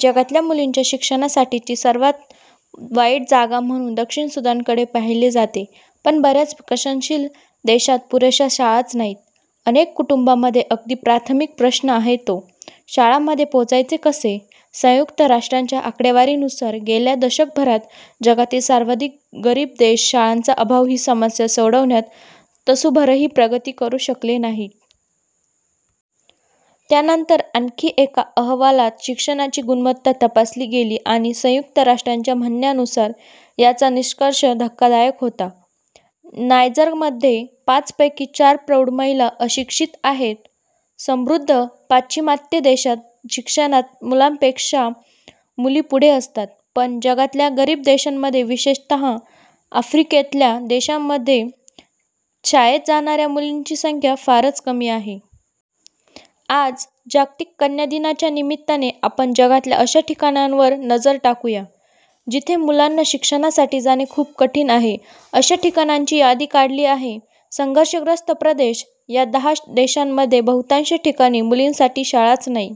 जगातल्या मुलींच्या शिक्षणासाठीची सर्वात वाईट जागा म्हणून दक्षिण सुदानकडे पाहिले जाते, पण बऱ्याच विकसनशील देशांत पुरेशा शाळाच नाहीत. अनेक कुटुंबांमध्ये अगदी प्राथमिक प्रश्न आहे तो, शाळेपर्यंत पोचायचे कसे? संयुक्त राष्ट्रांच्या आकडेवारीनुसार, गेल्या दशकभरात जगातील सर्वाधिक गरीब देश शाळांचा अभाव ही समस्या सोडवण्यात तसूभरही प्रगती करू शकलेले नाहीत. त्यानंतर आणखी एका अहवालात शिक्षणाची गुणवत्ता तपासली गेली आणि संयुक्त राष्ट्रांच्या म्हणण्यानुसार याचा निष्कर्ष धक्कादायक होता. नायजरमध्ये पाचपैकी चार प्रौढ महिला अशिक्षित आहेत. समृद्ध पाश्चिमात्य देशांत शिक्षणात मुलांपेक्षा मुली पुढे असतात. पण जगातल्या गरीब देशांमध्ये विशेषतः आफ्रिकेतल्या देशांमध्ये शाळेत जाणाऱ्या मुलींची संख्या फारच कमी आहे. आज 'जागतिक कन्या दिना'च्या निमित्ताने आपण जगातल्या अशा ठिकाणांवर नजर टाकू या, जिथे मुलांना शिक्षणासाठी जाणे खूप कठीण आहे. अशा ठिकाणांची यादी काढली आहे. संघर्षग्रस्त प्रदेश, या दहा देशांमध्ये बहुतांश ठिकाणी मुलींसाठी शाळाच नाही.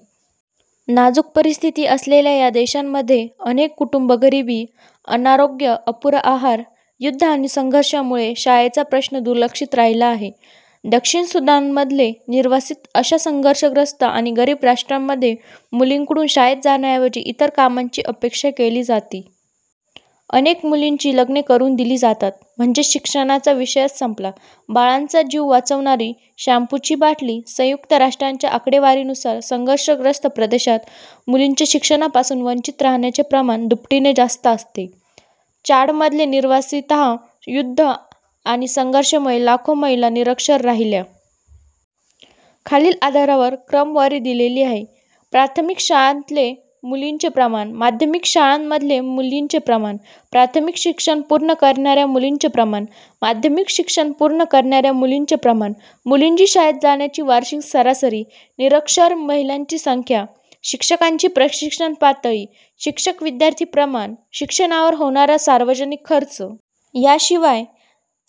नाजुक परिस्थिती असलेल्या या देशांमध्ये, अनेक कुटुंब गरिबी, अनारोग्य, अपुरा आहार, युद्ध आणि संघर्षामुळे शाळेचा प्रश्न दुर्लक्षित राहिला आहे. दक्षिण सुदानमधले निर्वासित अशा संघर्षग्रस्त आणि गरीब राष्ट्रांमध्ये मुलींकडून शाळेत जाण्याऐवजी इतर कामांची अपेक्षा केली जाती. अनेक मुलींची लग्ने करून दिली जातात. म्हणजे शिक्षणाचा विषयच संपला. बाळांचा जीव वाचवणारी शँपूची बाटली - संयुक्त राष्ट्रांच्या आकडेवारीनुसार, संघर्षग्रस्त प्रदेशात मुलींचे शिक्षणापासून वंचित राहण्याचे प्रमाण दुपटीने जास्त असते. चाडमधले निर्वासित: युद्ध आणि संघर्षामुळे लाखो महिला निरक्षर राहिल्या. खालील आधारावर क्रमवारी दिलेली आहे: •प्राथमिक शाळांतले मुलींचे प्रमाण •माध्यमिक शाळांमधले मुलींचे प्रमाण •प्राथमिक शिक्षण पूर्ण करणाऱ्या मुलींचे प्रमाण •माध्यमिक शिक्षण पूर्ण करणाऱ्या मुलींचे प्रमाण •मुलींची शाळेत जाण्याची वार्षिक सरासरी •निरक्षर महिलांची संख्या •शिक्षकांची प्रशिक्षण पातळी •शिक्षक-विद्यार्थी प्रमाण •शिक्षणावर होणारा सार्वजनिक खर्च. याशिवाय,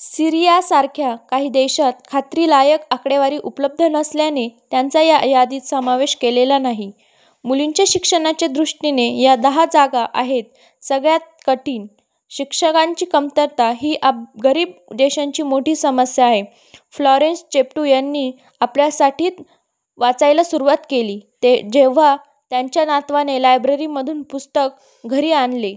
सीरियासारख्या काही देशांत खात्रीलायक आकडेवारी उपलब्ध नसल्याने त्यांचा या यादीत समावेश केलेला नाही. मुलींच्या शिक्षणाच्या दृष्टीने या दहा जागा आहेत सगळ्यात कठीण: शिक्षकांची कमतरता ही गरीब देशांची मोठी समस्या आहे. फ्लॉरेन्स चेप्ट्यू यांनी आपल्या साठीत वाचायला सुरुवात केली, जेव्हा त्यांच्या नातवाने लायब्ररीमधून पुस्तक घरी आणले.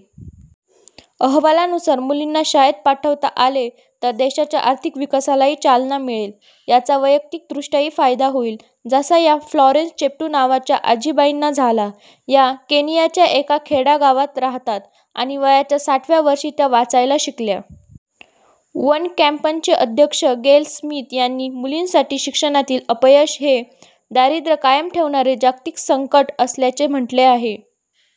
अहवालानुसार मुलींना शाळेत पाठवता आले तर देशांच्या आर्थिक विकासालाही चालना मिळेल. याचा वैयक्तिक दृष्ट्याही फायदा होईल जसा या फ्लॉरेन्स चेप्ट्यू नावाच्या आजीबाईंना झाला. या केनियाच्या एका खेडेगावात राहतात आणि वयाच्या साठव्या वर्षी त्या वाचायला शिकल्या. वन कॅम्पेनचे अध्यक्ष गेल स्मिथ यांनी, मुलींसाठी शिक्षणातील अपयश हे 'दारिद्र्य कायम ठेवणारे जागतिक संकट' असल्याचे म्हटले आहे.